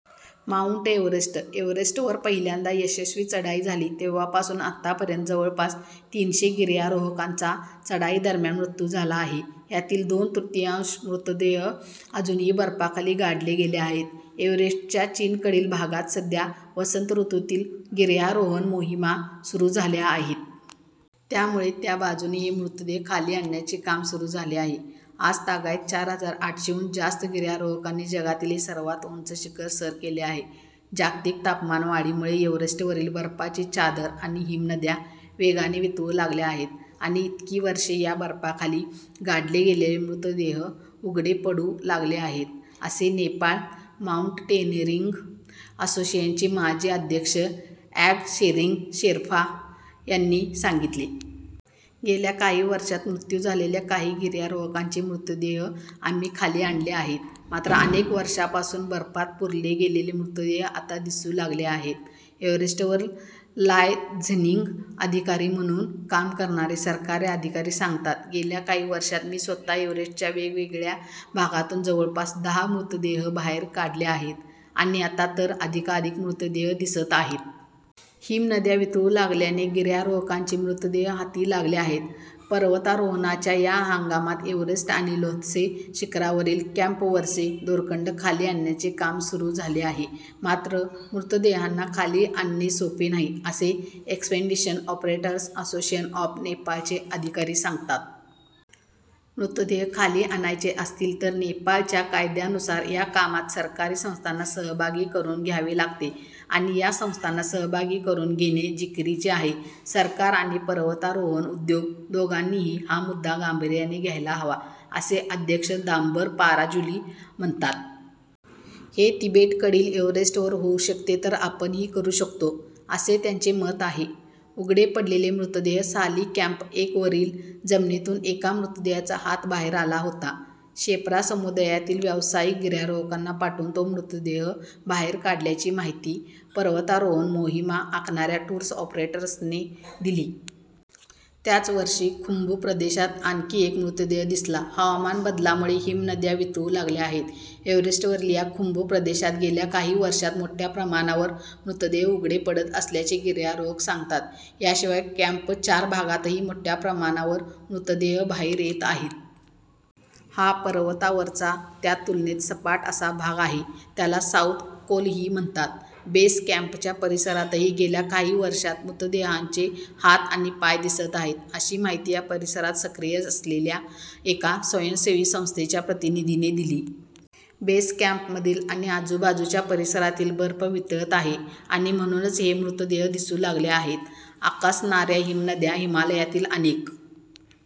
Mount Everest - एव्हरेस्टवर पहिल्यांदा यशस्वी चढाई झाली तेव्हापासून आतापर्यंत जवळपास तीनशे गिर्यारोहकांचा चढाईदरम्यान मृत्यू झाला आहे. यातील दोन तृतीयांश मृतदेह अजूनही बर्फाखाली गाडले गेले आहेत. एव्हरेस्टच्या चीनकडील भागात सध्या वसंत ऋतूतील गिर्यारोहण मोहिमा सुरू झाल्या आहेत. त्यामुळे त्या बाजूने हे मृतदेह खाली आणण्याचे काम सुरू झाले आहे. आजतागायत चार हजार आठशेहून जास्त गिर्यारोहकांनी जगातील हे सर्वात उंच शिखर सर केले आहे. "जागतिक तापमानवाढीमुळे एव्हरेस्टवरील बर्फाची चादर आणि हिमनद्या वेगाने वितळू लागल्या आहेत आणि इतकी वर्षे या बर्फाखाली गाडले गेलेले मृतदेह उघडे पडू लागले आहेत", असे नेपाळ माउंटेनिअरिंग असोसिएशनचे माजी अध्यक्ष अँग शेरिंग शेर्पा यांनी सांगितले. "गेल्या काही वर्षांत मृत्यू झालेल्या काही गिर्यारोहकांचे मृतदेह आम्ही खाली आणले आहेत. मात्र अनेक वर्षांपासून बर्फात पुरले गेलेले मृतदेह आता दिसू लागले आहेत." एव्हरेस्टवर लायझनिंग अधिकारी म्हणून काम करणारे सरकारी अधिकारी सांगतात, "गेल्या काही वर्षांत मी स्वतः एव्हरेस्टच्या वेगवेगळ्या भागांतून जवळपास दहा मृतदेह बाहेर काढले आहेत आणि आता तर अधिकाधिक मृतदेह दिसत आहेत." हिमनद्या वितळू लागल्याने गिर्यारोहकांचे मृतदेह हाती लागले आहेत. पर्वतारोहणाच्या या हंगामात एव्हरेस्ट आणि ल्होत्से शिखरावरील कॅम्पवरचे दोरखंड खाली आणण्याचे काम सुरू झाले आहे. मात्र मृतदेहांना खाली आणणे सोपे नाही, असे एक्सपेडिशन ऑपरेटर्स असोसिएशन ऑफ नेपाळचे अधिकारी सांगतात. मृतदेह खाली आणायचे असतील तर नेपाळच्या कायद्यानुसार या कामात सरकारी संस्थांना सहभागी करून घ्यावे लागते आणि या संस्थांना सहभागी करून घेणे जिकिरीचे आहे. "सरकार आणि पर्वतारोहण उद्योग दोघांनीही हा मुद्दा गांभीर्याने घ्यायला हवा", असे अध्यक्ष दाम्बर पाराज्युली म्हणतात. "हे तिबेटकडील एव्हरेस्टवर होऊ शकते तर आपणही करू शकतो", असे त्यांचे मत आहे. उघडे पडलेले मृतदेह - साली कॅम्प एकवरील जमिनीतून एका मृतदेहाचा हात बाहेर आला होता. शेर्पा समुदायातील व्यावसायिक गिर्यारोहकांना पाठवून तो मृतदेह बाहेर काढल्याची माहिती पर्वतारोहण मोहिमा आखणाऱ्या टूर ऑपरेटर्सने दिली. त्याच वर्षी खुंबू प्रदेशात आणखी एक मृतदेह दिसला. हवामान बदलामुळे हिमनद्या वितळू लागल्या आहेत. एव्हरेस्टवरील या खुंबू प्रदेशात गेल्या काही वर्षांत मोठ्या प्रमाणावर मृतदेह उघडे पडत असल्याचे गिर्यारोहक सांगतात. याशिवाय कॅम्प चार भागातही मोठ्या प्रमाणावर मृतदेह बाहेर येत आहेत. हा पर्वतावरचा त्या तुलनेत सपाट असा भाग आहे. त्याला साऊथ कोलही म्हणतात. "बेस कॅम्पच्या परिसरातही गेल्या काही वर्षांत मृतदेहांचे हात आणि पाय दिसत आहेत", अशी माहिती या परिसरात सक्रिय असलेल्या एका स्वयंसेवी संस्थेच्या प्रतिनिधीने दिली. "बेस कॅम्पमधील आणि आजूबाजूच्या परिसरातील बर्फ वितळत आहे आणि म्हणूनच हे मृतदेह दिसू लागले आहेत." आकसणाऱ्या हिमनद्या - हिमालयातील अनेक